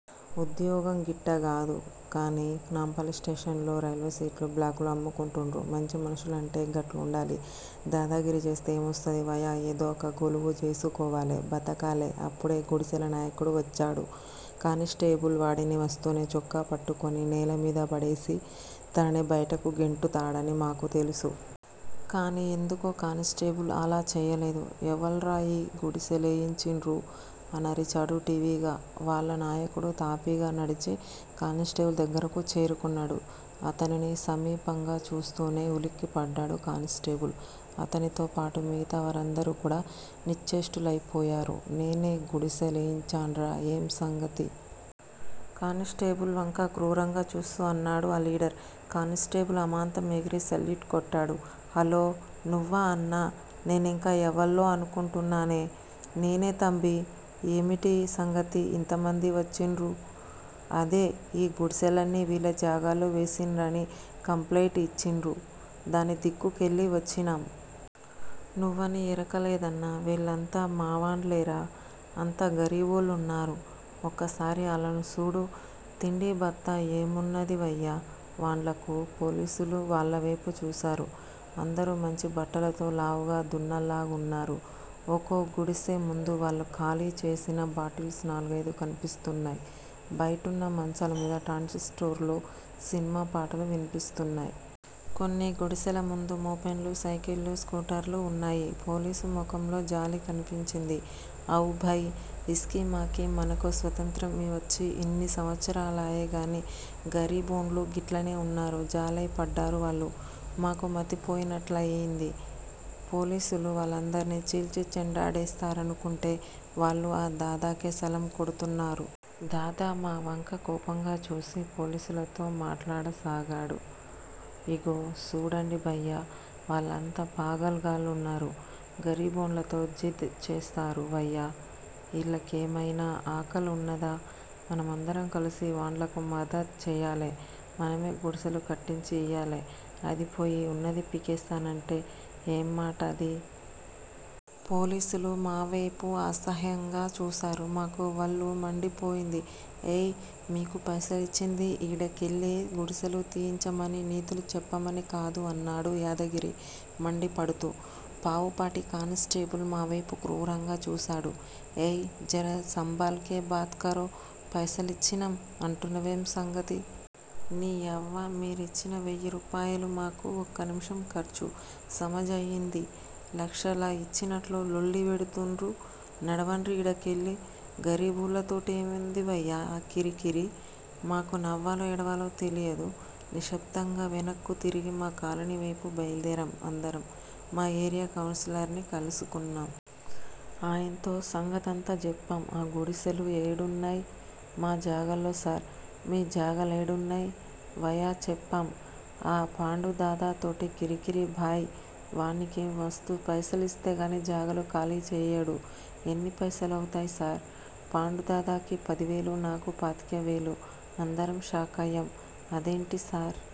ఉద్యోగం గిట్టా కాదు గానీ నాంపల్లి స్టేషన్ లో రైల్వే సీట్లు బ్లాకులో అమ్ముకుంటున్రు! మంచి మనుషులంటే గట్లుండాలి! దాదాగిరి చేస్తే ఏమొస్తది వయా! ఏదొక కొలువు జేసుకోవాలె! బతకాలె! అప్పుడె గుడిసెల నాయకుడు వచ్చాడు. కానిస్టేబుల్ వాడిని వస్తూనే చొక్కా పట్టుకుని నేలమీద పడేసి తనని బయటకు గెంటుతాడని మాకు తెలుసు. కాని ఎందుకో కానిస్టేబుల్ అలా చేయలేదు. ఎవళ్ళురా ఈడ గుడిసెలేయించిన్రు? అనరిచాడు ఠీవిగా. వాళ్ళ నాయకుడు తాపీగా నడిచి కానిస్టేబుల్ దగ్గరకు చేరుకున్నాడు. అతనిని సమీపంగా చూస్తూనే ఉలిక్కిపడ్డాడు కానిస్టేబుల్ అతనితో పాటు మిగతా వారందరూ కూడా నిశ్చేష్టులయిపోయారు. నేనే గుడిసె లేయించాన్రా! ఏమ్ సంగతి? కానిస్టేబుల్ వంక క్రూరంగా చూస్తూ అన్నాడు ఆ లీడర్. కానిస్టేబుల్ అమాంతం ఎగిరి సెల్యూట్ కొట్టాడు. హలో! నువ్వా అన్నా! నేనింకా ఎవళ్ళో అనుకుంటున్నానే! నేనే తంబీ! ఏమిటి సంగతి ఇంతమంది వచ్చిన్రు? అదే! ఈ గుడిసెలన్నీ వీళ్ళ జాగాల్లో వేసిన్రని కంప్లెయింట్ ఇచ్చిన్రు! దాని దిక్కుకెళ్ళి వచ్చినాం! నువ్వని ఎరుకలేదన్నా వీళ్ళంతా మావాండ్లేరా! అంతా గరీబోళ్ళున్నారు. ఒక్కసారి ఆళ్ళను సూడు! తిండీ, బత్తా ఏమున్నదివయ్యా వాండ్లకు? పోలీసులు వాళ్ళవేపు చూశారు. అందరూ మంచి బట్టలతో లావుగా దున్నల్లాగున్నారు. ఒకో గుడిసె ముందూ వాళ్ళు ఖాళీ చేసిన బాటిల్స్ నాలుగయిదు కనిపిస్తున్నాయ్. బయటున్న మంచాల మీద ట్రాన్సిస్టర్లో సినిమా పాటలు వినిపిస్తున్నాయ్. కొన్ని గుడిసెల ముందు మోపెడ్లు, సైకిళ్ళు, స్కూటర్లు ఉన్నాయి. పోలీసు మొఖంలో జాలి కనిపించింది. అవ్ భయ్! ఇస్కీమాకీ- మనకు స్వతంత్రం వచ్చి ఇన్ని సంవత్సరాలాయెగానీ గరిబోండ్లు గిట్లనే ఉన్నారు జలైపడ్డారు వాళ్ళు. మాకు మతిపోయినట్లయింది. పోలీసులు వాళ్ళందర్నీ చీల్చి చెండాడేస్తారనుకుంటే వాళ్ళు ఆ దాదాకే సలాం కొడుతున్నారు. దాదా మా వంక కోపంగా చూసి పోలీసులతో మాట్లాడ సాగాడు. ఇగో సూడండి భయ్యా! వాళ్ళంతా పాగల్ గాళ్ళున్నారు! గరీబోండ్లతో జిద్ చేస్తారు వయ్యా? ఈళ్ళకేమయినా అకల్ ఉన్నదా? మనమందరం కలిసి వాండ్లకు మదద్ చేయాలె! మనమే గుడిసెలు కట్టించి ఇయ్యాలే! అదిపోయి ఉన్నది పీకేస్తానంటే ఏమ్మాటది? పోలీసులు మావేపు అసహ్యంగా చూశారు. మాకు వళ్ళు మండిపోయింది. ఏయ్! మీకు పైసిలిచ్చింది ఈడకెళ్ళి గుడిసెలు తీయించమని నీతులు చెప్పమని కాదు అన్నాడు యాదగిరి మండిపడుతూ. పావుపాటి కానిస్టేబుల్ మావేపు క్రూరంగా చూశాడు. ఏయ్! జర సంబాల్ కే బాత్ కరో! పైసలిచ్చినం అంటున్నావేం సంగతి? నీయవ్వ మీరిచ్చిన వెయ్యిరూపాయలు మాకు ఒక్క నిముషం ఖర్చు! సమజయింది? లక్షల ఇచ్చినట్లు లొల్లి పెడుతున్రు! నడవండ్రి ఈడకెళ్ళి! గరీబోళ్ల తోటేందివయ్యా కిరికిరి! మాకు నవ్వాలో ఏడవాలో తెలీలేదు. నిశ్శబ్దంగా వెనక్కు తిరిగి మా కాలనీ వేపు బయల్దేరాం. అందరం మా ఏరియా కౌన్సిలర్ ని కలుసుకున్నాం. ఆయన్తో సంగతంతా జెప్పాం. ఆ గుడిసెలు ఏడున్నాయ్? మా జగాల్లో సార్? మీ జగాలేడున్నయ్ వయా? చెప్పాం. ఆ పాండూదాదాతోటి కిరికిరి భాయ్. వానికి మస్తు పైసలిస్తేగానీ జగాలు ఖాళీ చేయడు ఎన్ని పైసలవుతయ్ సార్? పాండుదాదాకి పదివేలు! నాకు పాతికవేలు! అందరం షాకయ్యాం. అదేంటి సార్!